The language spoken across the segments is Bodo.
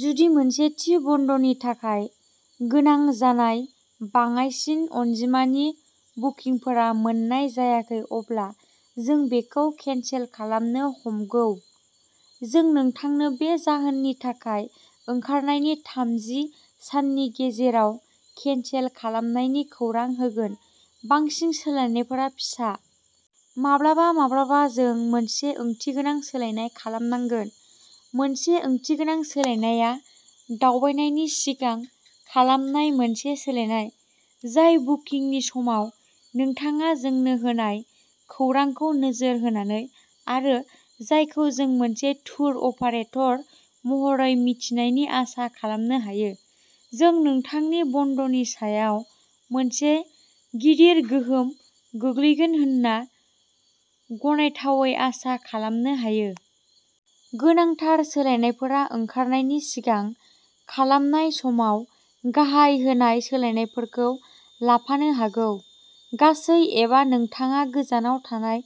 जुदि मोनसे थि बन्दनि थाखाय गोनां जानाय बाङाइसिन अनजिमानि बुकिंफोरा मोन्नाय जायाखै, अब्ला जों बेखौ केनसेल खालामनो ह'मगौ। जों नोंथांनो बे जाहोननि थाखाय ओंखारनायनि थामजि साननि गेजेराव केनसेल खालामनायनि खौरां होगोन। बांसिन सोलायनायफोरा फिसा। माब्लाबा-माब्लाबा, जों मोनसे ओंथिगोनां सोलायनाय खालामनांगोन। मोनसे ओंथिगोनां सोलायनायआ दावबायनायनि सिगां खालामनाय मोनसे सोलायनाय, जाय बुकिंनि समाव नोंथाङा जोंनो होनाय खौरांखौ नोजोर होनानै आरो जायखौ जों मोनसे टुर अपारेटर महरै मिथिनायनि आसा खालामनो हायो, जों नोंथांनि बन्दनि सायाव मोनसे गिदिर गोहोम गोग्लैगोन होनना गनायथावै आसा खालामनो हायो। गोनांथार सोलायनायफोरा ओंखारनायनि सिगां खालामनाय समाव गाहायाव होनाय सोलायनायफोरखौ लाफानो हागौ; गासै एबा नोंथाङा गोजानाव थानाय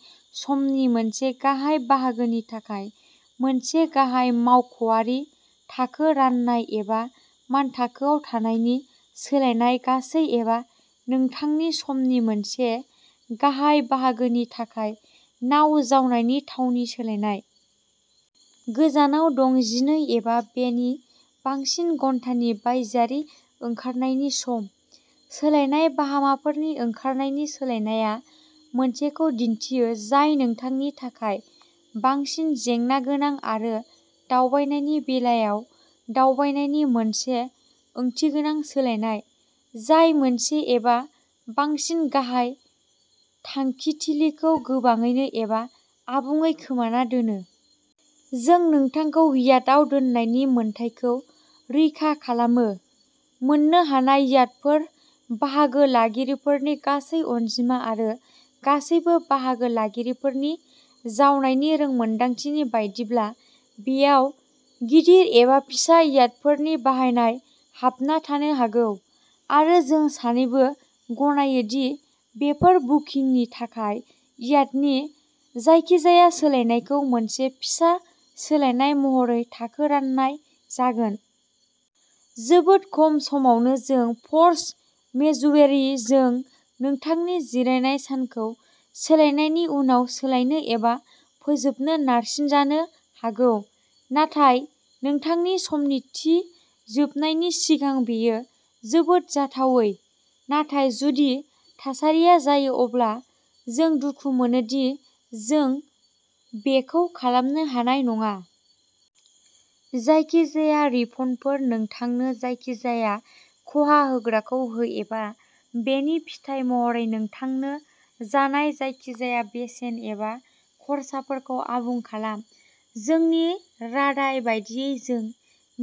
समनि मोनसे गाहाय बाहागोनि थाखाय मोनसे गाहाय मावख'आरि थाखो राननाय एबा मानथाखोआव थानायनि सोलायनाय, गासै एबा नोंथांनि समनि मोनसे गाहाय बाहागोनि थाखाय नाव जावनायनि थावनि सोलायनाय। गोजानाव दं, जिनै एबा बेनि बांसिन घन्टानि बायजोआरि ओंखारनायनि सम सोलायनाय, बाहामाफोरनि ओंखारनायनि सोलायनाया मोनसेखौ दिन्थियो जाय नोंथांनि थाखाय बांसिन जेंना गोनां आरो दावबायनायनि बेलायाव, दावबायनायनि मोनसे ओंथिगोनां सोलायनाय जाय मोनसे एबा बांसिन गाहाय थांखिथिलिखौ गोबाङैनो एबा आबुङै खोमाना दोनो। जों नोंथांखौ याटआव दोननायनि मोन्थाइखौ रैखा खालामो, मोन्नो हानाय याटफोर, बाहागो लागिरिफोरनि गासै अनजिमा आरो गासैबो बाहागो लागिरिफोरनि जावनायनि रोंमोनदांथिनि बायदिब्ला, बेयाव गिदिर एबा फिसा याटफोरनि बाहायनाय हाबना थानो हागौ आरो जों सानैबो गनायो दि बेफोर बुकिंनि थाखाय याटनि जायखिजाया सोलायनायखौ मोनसे फिसा सोलायनाय महरै थाखो राननाय जागोन। जोबोद खम समावनो, जों फर्स मेज्युरे जों नोंथांनि जिरायनाय सानखौ सोलायनायनि उनाव सोलायनो एबा फोजोबनो नारसिनजानो हागौ, नाथाय नोंथांनि समनि थि जोबनायनि सिगां। बेयो जोबोद जाथावै नाथाय जुदि बे थासारिया जायो, अब्ला जों दुखु मोनो दि जों बेखौ खालामनो हानाय नङा। जायखिजाया रिफन्डफोर, नोंथांनो जायखिजाया खहा होग्राखौ हो एबा बेनि फिथाय महरै नोंथांनो जानाय जायखिजाया बेसेन एबा खर्साफोरखौ आबुं खालाम। जोंनि रादाय बायदियै जों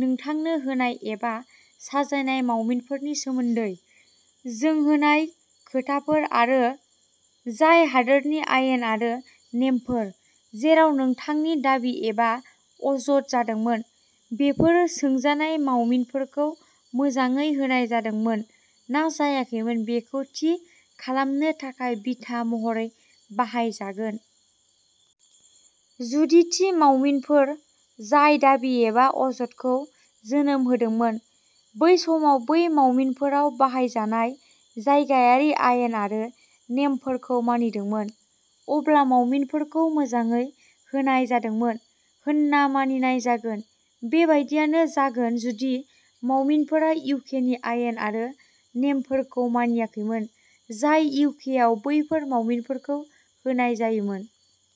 नोंथांनो होनाय एबा साजायनाय मावमिनफोरनि सोमोन्दै जों होनाय खोथाफोर आरो जाय हादोरनि आयेन आरो नेमफोर जेराव नोंथांनि दाबि एबा अजद जादोंमोन बेफोरो सोंजानाय मावमिनफोरखौ मोजाङै होनाय जादोंमोन ना जायाखैमोन बेखौ थि खालामनो थाखाय बिथा महरै बाहाय जागोन। जुदि थि मावमिनफोर जाय दाबि एबा अजदखौ जोनोम होदोंमोन, बै समाव बै मावमिनफोराव बाहायजानाय जायगायारि आयेन आरो नेमफोरखौ मानिदोंमोन, अब्ला मावमिनफोरखौ मोजाङै होनाय जादोंमोन होनना मानिनाय जागोन। बे बादियानो जागोन जुदि मावमिनफोरा इउकेनि आयेन आरो नेमफोरखौ मानियाखैमोन जाय इउकेआव बैफोर मावमिनफोरखौ होनाय जायोमोन।